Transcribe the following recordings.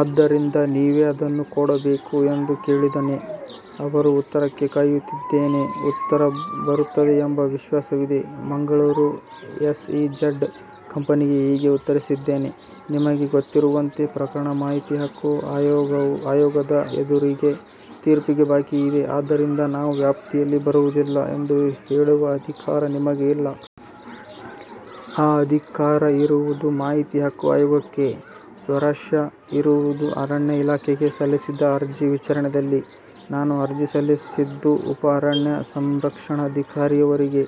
ಆದ್ದರಿಂದ ನೀವೇ ಅದನ್ನು ಕೊಡಬೇಕು" ಎಂದು ಕೇಳಿದ್ದೇನೆ. ಅವರ ಉತ್ತರಕ್ಕೆ ಕಾಯುತ್ತಿದ್ದೇನೆ. ಉತ್ತರ ಬರುತ್ತದೆ ಎಂಬ ವಿಶ್ವಾಸವಿದೆ. ಮಂಗಳೂರು ಎಸ್ ಇ ಝಡ್ ಕಂಪೆನಿಗೆ ಹೀಗೆ ಉತ್ತರಿಸಿದ್ದೇನೆ: "ನಿಮಗೆ ಗೊತ್ತಿರುವಂತೆ ಪ್ರಕರಣ ಮಾಹಿತಿ ಹಕ್ಕು ಆಯೋಗದ ಎದುರಿಗೆ ತೀರ್ಪಿಗೆ ಬಾಕಿ ಇದೆ. ಆದ್ದರಿಂದ "ನಾವು ವ್ಯಾಪ್ತಿಯಲ್ಲಿ ಬರುವುದಿಲ್ಲ" ಎಂದು ಹೇಳುವ ಅಧಿಕಾರ ನಿಮಗೆ ಇಲ್ಲ. ಆ ಅಧಿಕಾರ ಇರುವುದು ಮಾಹಿತಿ ಹಕ್ಕು ಆಯೋಗಕ್ಕೆ" ಸ್ವಾರಸ್ಯ ಇರುವುದು ಅರಣ್ಯ ಇಲಾಖೆಗೆ ಸಲ್ಲಿಸಿದ ಅರ್ಜಿ ವಿಚಾರದಲ್ಲಿ. ನಾನು ಅರ್ಜಿ ಸಲ್ಲಿಸಿದ್ದು ಉಪ ಅರಣ್ಯ ಸಂರಕ್ಷಣಾಧಿಕಾರಿಯವರಿಗೆ.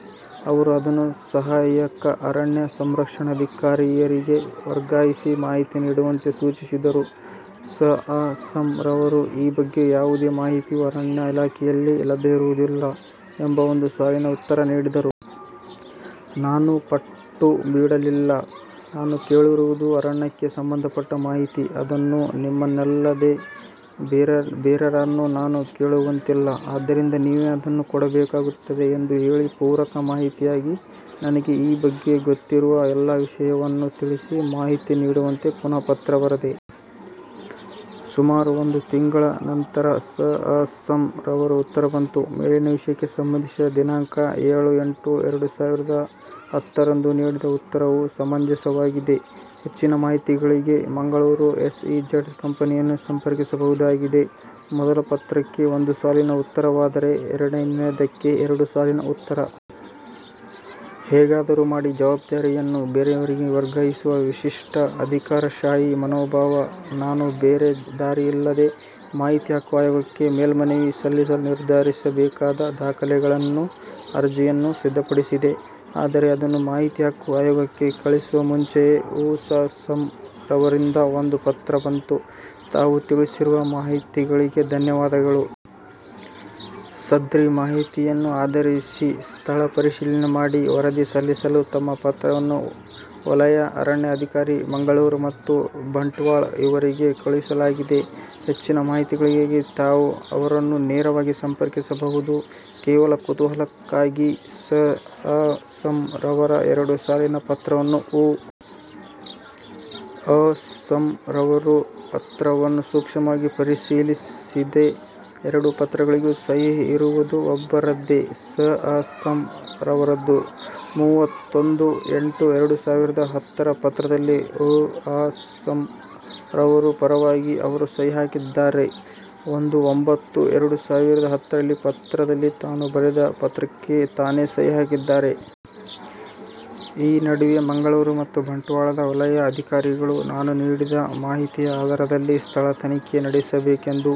ಅವರು ಅದನ್ನು ಸಹಾಯಕ ಅರಣ್ಯ ಸಂರಕ್ಷಣಾಧಿಕಾರಿಯವರಿಗೆ ವರ್ಗಾಯಿಸಿ, ಮಾಹಿತಿ ನೀಡುವಂತೆ ಸೂಚಿಸಿದರು. ಸ. ಅ. ಸಂ. ರವರು "ಈ ಬಗ್ಗೆ ಯಾವುದೇ ಮಾಹಿತಿಯು ಅರಣ್ಯ ಇಲಾಖೆಯಲ್ಲಿ ಲಭ್ಯವಿರುವುದಿಲ್ಲ" ಎಂಬ ಒಂದು ಸಾಲಿನ ಉತ್ತರ ನೀಡಿದರು. ನಾನು ಪಟ್ಟು ಬಿಡಲಿಲ್ಲ. "ನಾನು ಕೇಳಿರುವುದು ಅರಣ್ಯಕ್ಕೆ ಸಂಬಂಧಪಟ್ಟ ಮಾಹಿತಿ. ಅದನ್ನು ನಿಮ್ಮನ್ನಲ್ಲದೆ ಬೇರಾರನ್ನೂ ನಾನು ಕೇಳುವಂತಿಲ್ಲ. ಆದ್ದರಿಂದ ನೀವೇ ಅದನ್ನು ಕೊಡಬೇಕಾಗುತ್ತದೆ" ಎಂದು ಹೇಳಿ ಪೂರಕ ಮಾಹಿತಿಯಾಗಿ, ನನಗೆ ಈ ಬಗ್ಗೆ ಗೊತ್ತಿರುವ ಎಲ್ಲ ವಿಷಯವನ್ನೂ ತಿಳಿಸಿ, ಮಾಹಿತಿ ನೀಡುವಂತೆ ಪುನಃ ಪತ್ರ ಬರೆದೆ. ಸುಮಾರು ಒಂದು ತಿಂಗಳ ನಂತರ ಸ. ಅ. ಸಂ. ರವರ ಉತ್ತರ ಬಂತು: "ಮೇಲಿನ ವಿಷಯಕ್ಕೆ ಸಂಬಂಧಿಸಿ ದಿನಾಂಕ ಎಳು -ಎಂಟು-ಎರಡು ಸಾವಿರದ ಹತ್ತರಂದು ನೀಡಿದ ಉತ್ತರವು ಸಮಂಜಸವಾಗಿದೆ. ಹೆಚ್ಚಿನ ಮಾಹಿತಿಗಳಿಗೆ ಮಂಗಳೂರು ಎಸ್ ಇ ಝಡ್ ಕಂಪೆನಿಯನ್ನು ಸಂಪರ್ಕಿಸಬಹುದಾಗಿದೆ". ಮೊದಲ ಪತ್ರಕ್ಕೆ ಒಂದು ಸಾಲಿನ ಉತ್ತರವಾದರೆ, ಎರಡನೆಯದಕ್ಕೆ ಎರಡು ಸಾಲಿನ ಉತ್ತರ! ಹೇಗಾದರೂ ಮಾಡಿ ಜವಾಬ್ದಾರಿಯನ್ನು ಬೇರೆಯವರಿಗೆ ವರ್ಗಾಯಿಸುವ ವಿಶಿಷ್ಟ ಅಧಿಕಾರಶಾಹಿ ಮನೋಭಾವ. ನಾನು ಬೇರೆ ದಾರಿ ಇಲ್ಲದೆ, ಮಾಹಿತಿ ಹಕ್ಕು ಆಯೋಗಕ್ಕೆ ಮೇಲ್ಮನವಿ ಸಲ್ಲಿಸಲು ನಿರ್ಧರಿಸಿ ಬೇಕಾದ ದಾಖಲೆಗಳನ್ನೂ, ಅರ್ಜಿಯನ್ನೂ ಸಿದ್ದಪಡಿಸಿದೆ. ಆದರೆ ಅದನ್ನು ಮಾಹಿತಿ ಹಕ್ಕು ಆಯೋಗಕ್ಕೆ ಕಳಿಸುವ ಮುಂಚೆಯೇ ಉ. ಅ. ಸಂ. ರವರಿಂದ ಒಂದು ಪತ್ರ ಬಂತು: "ತಾವು ತಿಳಿಸಿರುವ ಮಾಹಿತಿಗಳಿಗೆ ಧನ್ಯವಾದಗಳು. ಸದ್ರಿ ಮಾಹಿತಿಯನ್ನು ಆಧರಿಸಿ ಸ್ಥಳ ಪರಿಶೀಲನೆ ಮಾಡಿ ವರದಿ ಸಲ್ಲಿಸಲು ತಮ್ಮ ಪತ್ರವನ್ನು ವಲಯ ಅರಣ್ಯ ಅಧಿಕಾರಿ, ಮಂಗಳೂರು ಮತ್ತು ಬಂಟ್ವಾಳ ಇವರಿಗೆ ಕಳುಹಿಸಲಾಗಿದೆ. ಹೆಚ್ಚಿನ ಮಾಹಿತಿಗಳಿಗೆ ತಾವು ಅವರನ್ನು ನೇರವಾಗಿ ಸಂಪರ್ಕಿಸಬಹುದು". ಕೇವಲ ಕುತೂಹಲಕ್ಕಾಗಿ ಸ. ಅ. ಸಂ. ರವರ ಎರಡು ಸಾಲಿನ ಪತ್ರವನ್ನೂ, ಉ. ಅ. ಸಂ. ರವರ ಪತ್ರವನ್ನೂ ಸೂಕ್ಷ್ಮವಾಗಿ ಪರಿಶೀಲಿಸಿದೆ. ಎರಡು ಪತ್ರಗಳಿಗೂ ಸಹಿ ಇರುವುದು ಒಬ್ಬರದ್ದೇ: ಸ. ಅ. ಸಂ. ರವರದ್ದು. ಮೂವತ್ತೊಂದು -ಎಂಟು -ಎರಡು ಸಾವಿರದ ಹತ್ತರ ಪತ್ರದಲ್ಲಿ ಉ. ಅ. ಸಂ. ರವರ ಪರವಾಗಿ ಅವರು ಸಹಿ ಹಾಕಿದ್ದರೆ, ಒಂದು -ಒಂಭತ್ತು-ಎರಡು ಸಾವಿರದ ಹತ್ತರ ಪತ್ರದಲ್ಲಿ ತಾನು ಬರೆದ ಪತ್ರಕ್ಕೆ ತಾನೇ ಸಹಿ ಹಾಕಿದ್ದಾರೆ. ಈ ನಡುವೆ ಮಂಗಳೂರು ಮತ್ತು ಬಂಟ್ವಾಳದ ವಲಯ ಅಧಿಕಾರಿಗಳು ನಾನು ನೀಡಿದ ಮಾಹಿತಿಯ ಆಧಾರದಲ್ಲಿ ಸ್ಥಳ ತನಿಖೆ ನಡೆಸಬೇಕೆಂದು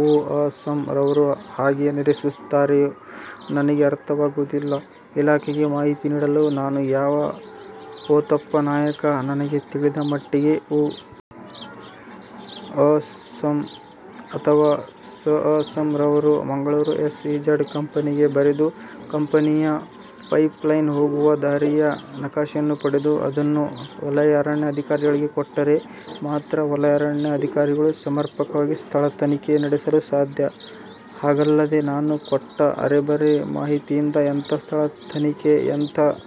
ಉ. ಅ. ಸಂ. ರವರು ಹೇಗೆ ನಿರೀಕ್ಷಿಸುತ್ತಾರೋ ನನಗೆ ಅರ್ಥವಾಗುವುದಿಲ್ಲ. ಇಲಾಖೆಗೆ ಮಾಹಿತಿ ನೀಡಲು ನಾನು ಯಾವ ಪೋತಪ್ಪ ನಾಯಕ? ನನಗೆ ತಿಳಿದ ಮಟ್ಟಿಗೆ ಉ. ಅ. ಸಂ. ಅಥವಾ ಸ. ಅ. ಸಂ. ರವರು ಮಂಗಳೂರು ಎಸ್ ಇ ಝಡ್ ಕಂಪೆನಿಗೆ ಬರೆದು, ಕಂಪೆನಿಯ ಪೈಪ್ ಲೈನ್ ಹೋಗುವ ದಾರಿಯ ನಕಾಶೆಯನ್ನು ಪಡೆದು, ಅದನ್ನು ವಲಯ ಅರಣ್ಯ ಅಧಿಕಾರಿಗಳಿಗೆ ಕೊಟ್ಟರೆ ಮಾತ್ರ ವಲಯ ಅರಣ್ಯ ಅಧಿಕಾರಿಗಳು ಸಮರ್ಪಕವಾಗಿ ಸ್ಥಳ ತನಿಖೆ ನಡೆಸಲು ಸಾಧ್ಯ. ಹಾಗಲ್ಲದೆ ನಾನು ಕೊಟ್ಟ ಅರೆಬರೆ ಮಾಹಿತಿಯಿಂದ ಎಂಥ ಸ್ಥಳ ತನಿಖೆ? ಎಂಥ